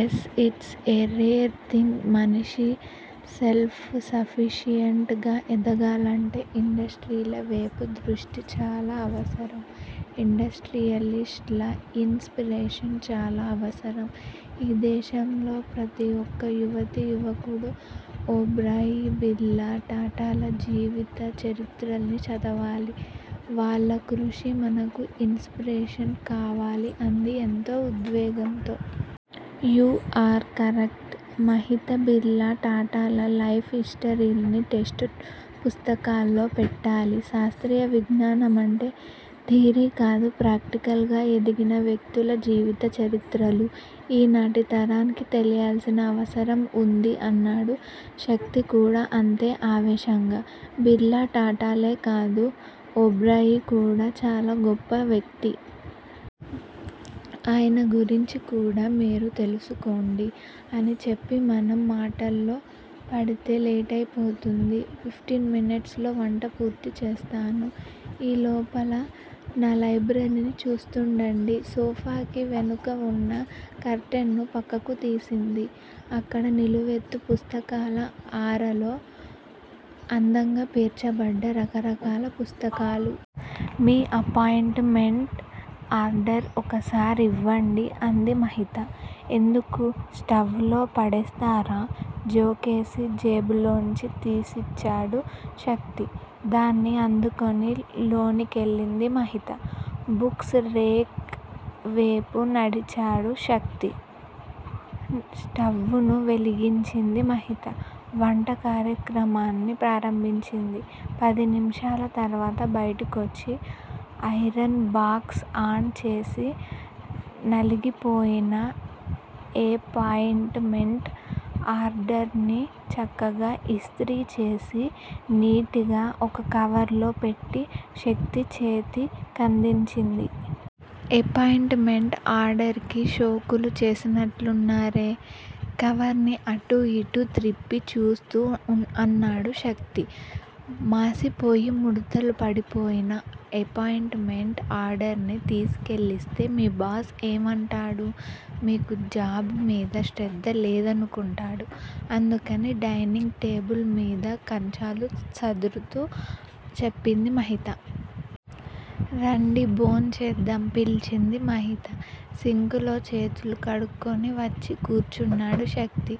Yes it's a rare thing మనిషి self sufficient గా ఎదగాలంటే, ఇండస్ట్రీల వేపు దృష్టి చాలా అవసరం ఇండస్ట్రీయలిస్ట్ ల ఇన్ స్పిరేషన్ చాలా అవసరం. ఈ దేశంలో ప్రతి ఒక్క యువతి, యువకుడూ ఓబ్రాయ్, బిర్లా, టాటాల జీవిత చరిత్రల్ని చదవాలి వాళ్ళ కృషి మనకు ఇన్ స్పిరేషన్ కావాలి అంది ఎంతో ఉద్వేగంతో. You are correct Mahita Birla, టాటాల లైఫ్ హిస్టరీల్ని టెస్టు పుస్తకాల్లో పెట్టాలి శాస్త్రీయ విజ్ఞానమంటే, థీరీకాదు ప్రాక్టీకల్ గా ఎదిగిన వ్యక్తుల జీవిత చరిత్రలు, ఈనాటి తరానికి తెలియాల్సిన అవసరం వుంది అన్నాడు శక్తి కూడా అంతే ఆవేశంగా. బిర్లా, టాటాలే కాదు, ఓబ్రాయ్ కూడా చాలా గొప్ప వ్యక్తి. ఆయన గురించి కూడా మీరు తెలుసుకోండి అని చెప్పి మనం మాటల్లో పడితే లేటయిపోతుంది ఫిఫ్టీన్ మినిట్స్ లో వంట పూర్తి చేస్తాను ఈలోపల న లైబ్రరీని చూస్తుండండి సోఫాకి వెనుక వున్న కర్టెన్ ను ప్రక్కకు తీసింది. అక్కడ నిలువెత్తు పుస్తకాల ఆరలో అందంగా పేర్చబడ్డ రకరకాల పుస్తకాలు. మీ అపాయింట్ మెంట్ ఆర్డర్ ఒకసారివ్వండి అంది మహిత. ఎందుకు స్టవ్వులో పడేస్తారా జోకేసి జేబులోంచి తీసిచ్చాడు శక్తి. దాన్ని అందుకొని లోనికెళ్ళింది మహిత. బుక్స్ రేక్ వేపు నడిచాడు శక్తి. స్టవ్వును వెలిగించింది మహిత. వంట కార్యక్రమాన్ని ప్రారంభించింది. పది నిమిషాల తర్వాత బయటికొచ్చి, ఐరన్ బాక్స్ ఆన్ చేసి నలిగిపోయిన ఎపాయింట్ మెంట్ ఆర్డర్ ని, చక్కగా ఇస్త్రీ చేసి, నీట్ గా ఒక కవర్లో పెట్టి, శక్తి చేతి కందించింది. ఎపాయింట్ మెంట్ ఆర్డర్ కి షోకులు చేసినట్లున్నారే కవర్ని అటూ ఇటూ త్రిప్పి చూస్తూ ఉ అన్నాడు శక్తి. మాసిపోయి, ముడుతలు పడిపోయిన ఎపాయింట్ మెంట్ ఆర్డర్ ని తీసికెళ్ళిస్తే- మీ బాస్ ఏవంటాడు మీకు జాబు మీద శ్రద్ధ లేదనుకుంటాడు. అందుకని డైనింగ్ టేబుల్ మీద కంచాలు సదురుతూ చెప్పింది మహిత. రండి భోంచేద్దాం పిలిచింది మహిత. సింక్ లో చేతులు కడుక్కొని వచ్చి కూర్చున్నాడు శక్తి.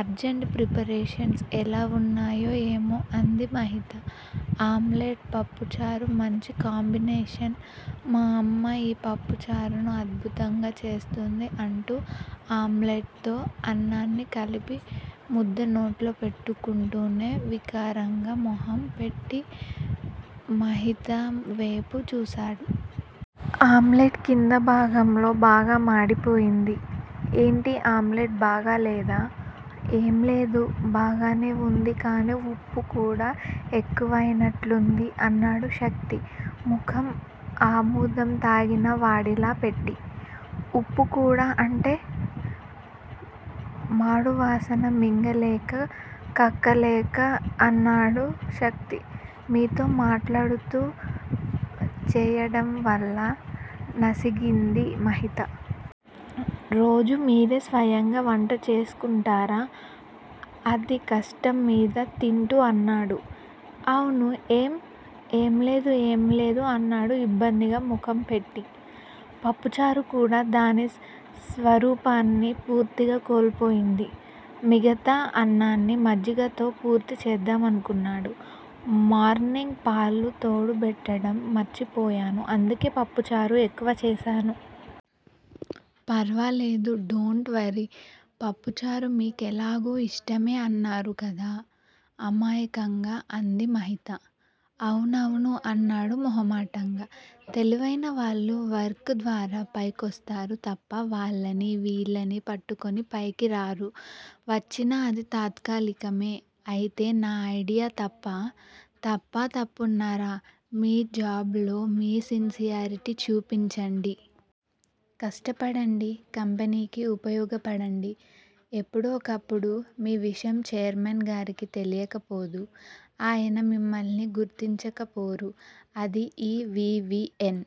అర్జంట్ ప్రిపరేషన్స్ ఎలా వున్నాయో ఏమో అంది మహిత. ఆమ్లెట్ పప్పుచారు మంచి కాంబినేషన్ మా అమ్మ ఈ పప్పుచారుని అద్భుతంగా చేస్తుంది అంటూ ఆమ్లెట్ తో అన్నాన్ని కలిపి, ముద్ద నోట్లో పెట్టుకుంటూనే వికారంగా మొహం పెట్టి మహిత వేపు చూసాడు. ఆమ్లెట్ కింద భాగంలో బాగా మాడిపోయింది. ఏంటి ఆమ్లెట్ బాగాలేదా ఏంలేదు- బాగానేవుంది- కానీ ఉప్పు కూడా ఎక్కువైనట్లుంది అన్నాడు శక్తి మొఖం ఆముదం తాగిన వాడిలా పెట్టి. ఉప్పు కూడా అంటే? మాడువాసన మింగలేక, కక్కలేక అన్నాడు శక్తి. మీతో మాట్లాడుతూ చేయడంవల్ల నసిగింది మహిత. రోజూ మీరే స్వయంగా వంట చేసుకుంటారా అతి కష్టమ్మీద తింటూ అన్నాడు. అవును ఏం? ఏం లేదు ఏం లేదు అన్నాడు ఇబ్బందిగా మొఖం పెట్టి. పప్పుచారు కూడా దాని స్వరూపాన్ని పూర్తిగా కోల్పోయింది. మిగతా అన్నాన్ని మజ్జిగతో పూర్తి చేద్దామనుకున్నాడు. మార్నింగ్ పాలు తోడుబెట్టడం మర్చిపోయాను అందుకే పప్పుచారు ఎక్కువ చేసాను. పర్వాలేదు డోంట్ వర్రీ పప్పుచారు మీకెలాగో ఇష్టమే అన్నారు కదా అమాయకంగా అంది మహిత. అవునవును అన్నాడు మొహమాటంగా. తెలివైనవాళ్ళు వర్క్ ద్వారా పైకొస్తారు తప్ప వాళ్ళనీ, వీళ్ళనీ పట్టుకొని పైకిరారు. వచ్చినా అది తాత్కాలికమే. అయితే నా ఐడియా తప్పా? తప్పా- తప్పున్నరా మీ బాజ్ లో మీ సిన్సియారిటీ చూపించండి. కష్టపడండి. కంపెనీకి ఉపయోగపడండి ఎప్పుడో ఒకప్పుడు మీ విషయం ఛైర్మన్ గారికి తెలీకపోదు. ఆయన మిమ్మల్ని గుర్తించకపోరు అది ఈ వి. వి. ఎన్